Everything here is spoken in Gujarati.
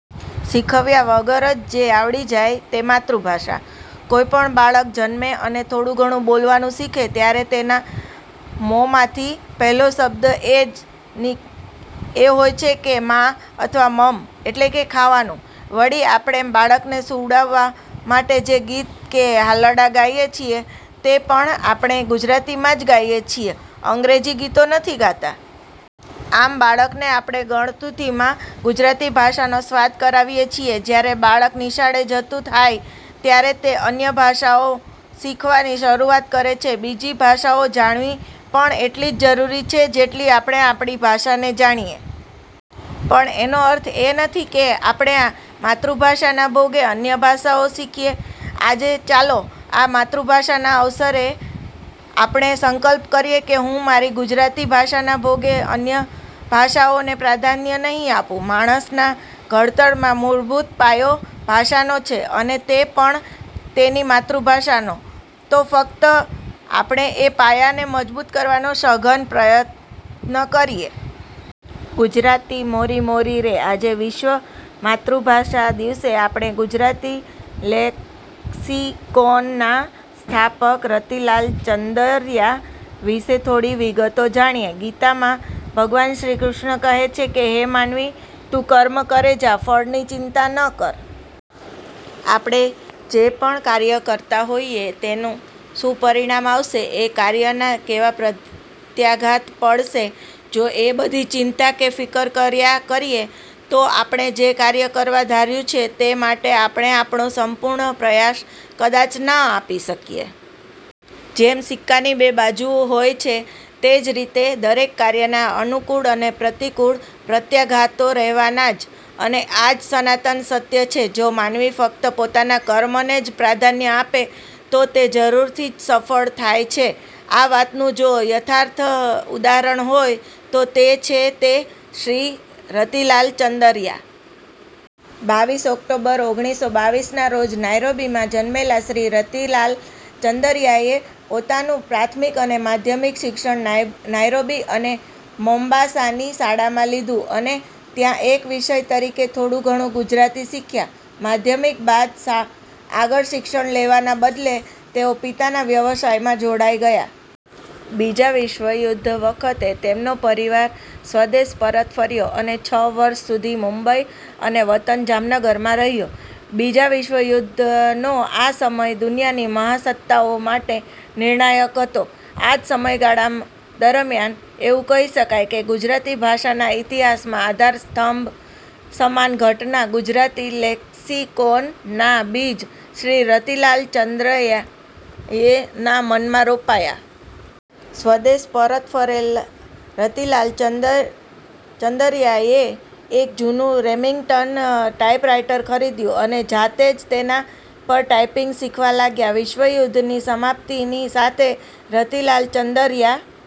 શીખવ્યા વગર જ જે આવડી જાય તે માતૃભાષા. કોઈપણ બાળક જન્મે અને થોડું ઘણું બોલવાનું શીખે ત્યારે તેના મોંમાથી પહેલો શબ્દ નીકળે એ હોય છે મા અથવા મમ એટલે કે ખાવાનું. વળી આપણે બાળકને સૂવડાવવા માટે જે ગીત કે હાલરડાં ગાઈએ છીએ તે પણ આપણે ગુજરાતીમાં જ ગાઈએ છીએ અંગ્રેજી ગીતો નથી ગાતા. આમ બાળકને આપણે ગળથૂથીમાં ગુજરાતી ભાષાનો સ્વાદ કરાવીએ છીએ. જ્યારે બાળક નિશાળે જતું થાય ત્યારે તે અન્ય ભાષાઓ શીખવાની શરુઆત કરે છે. બીજી ભાષાઓ જાણવી પણ એટલી જ જરૂરી છે જેટલી આપણે આપણી ભાષાને જાણીએ. પણ એનો અર્થ એ નથી થતો કે આપણે માતૃભાષાના ભોગે અન્ય ભાષાઓ શીખીએ. આજે ચાલો આ માતૃભાષાના અવસરે આપણે સંકલ્પ કરીએ કે હું મારી ગુજરાતી ભાષાના ભોગે અન્ય ભાષાઓને પ્રાધાન્ય નહીં આપું. માણસના ઘડતરમાં મૂળભૂત પાયો ભાષાનો છે અને તે પણ તેની માતૃભાષાનો તો ફક્ત આપણે એ પાયાને મજબૂત કરવાનો સઘન પ્રયત્ન કરીએ. ગુજરાતી મોરી મોરી રે.. આજે વિશ્વ માતૃભાષા દિવસે આપણે ગુજરાતી લેક્સિકોનના સ્થાપક રતિલાલ ચંદરયા વિશે થોડી વિગતો જાણીએ. ગીતામાં ભગવાનશ્રી કૃષ્ણ કહે છે કે, "હે માનવી તું કર્મ કરે જા, ફળની ચિંતા ન કર". આપણે જે પણ કાર્ય કરતાં હોઈએ એનું શું પરિણામ આવશે કે એ કાર્યના કેવા પ્રત્યાઘાત પડશે, જો એ બધી ચિંતા કે ફિકર કર્યા કરીએ તો, આપણે જે કાર્ય કરવા ધાર્યું છે તે માટે આપણે આપણો સંપૂર્ણ પ્રયાસ કદાચ ના આપી શકીએ. જેમ સિક્કાની બે બાજુ હોય છે તે જ રીતે દરેક કાર્યના અનુકૂળ અને પ્રતિકૂળ પ્રત્યાઘાતો રહેવાના જ અને આ જ સનાતન સત્ય છે. જો માનવી ફકત પોતાના કર્મને જ પ્રાધાન્ય આપે તો તે જરૂરથી જ સફળ થાય છે આ વાતનું જો યથાર્થ ઉદાહરણ હોય તો છે તે શ્રી રતિલાલ ચંદરયા. બાવીસ ઓક્ટોબર ઓગણીસો બાવીસ ના રોજ નાઈરોબીમાં જન્મેલા શ્રી રતિલાલ ચંદરયાએ પોતાનું પ્રાથમિક અને માધ્યમિક શિક્ષણ નાઈરોબી અને મોમ્બાસાની શાળામાં લીધું અને ત્યાં એક વિષય તરીકે થોડું ઘણું ગુજરાતી શીખ્યા. માધ્યમિક બાદ આગળ શિક્ષણ લેવાના બદલે તેઓ પિતાના વ્યવસાયમાં જોડાઈ ગયા. બીજા વિશ્વયુદ્ધ વખતે તેમનો પરિવાર સ્વદેશ પરત ફર્યો અને છ વર્ષ સુધી મુંબઈ અને વતન જામનગરમાં રહ્યો. બીજા વિશ્વયુદ્ધનો આ સમય દુનિયાની મહાસત્તાઓ માટે નિર્ણાયક હતો. આ જ સમય ગાળા દરમ્યાન એવું કહી શકાય કે ગુજરાતી ભાષાના ઇતિહાસમાં આધારસ્તંભ સમાન ઘટના ગુજરાતીલેક્સિકોનના બીજ શ્રી રતિલાલ ચંદરયાના મનમાં રોપાયા. સ્વદેશ પરત ફરેલા રતિલાલ ચંદરયાએ એક જૂનુ રેમિંગ્ટન ટાઇપરાઇટર ખરીદ્યું અને જાતે જ તેના પર ટાઇપીંગ શીખવા લાગ્યા. વિશ્વયુદ્ધની સમાપ્તિની સાથે રતિલાલ ચંદરયા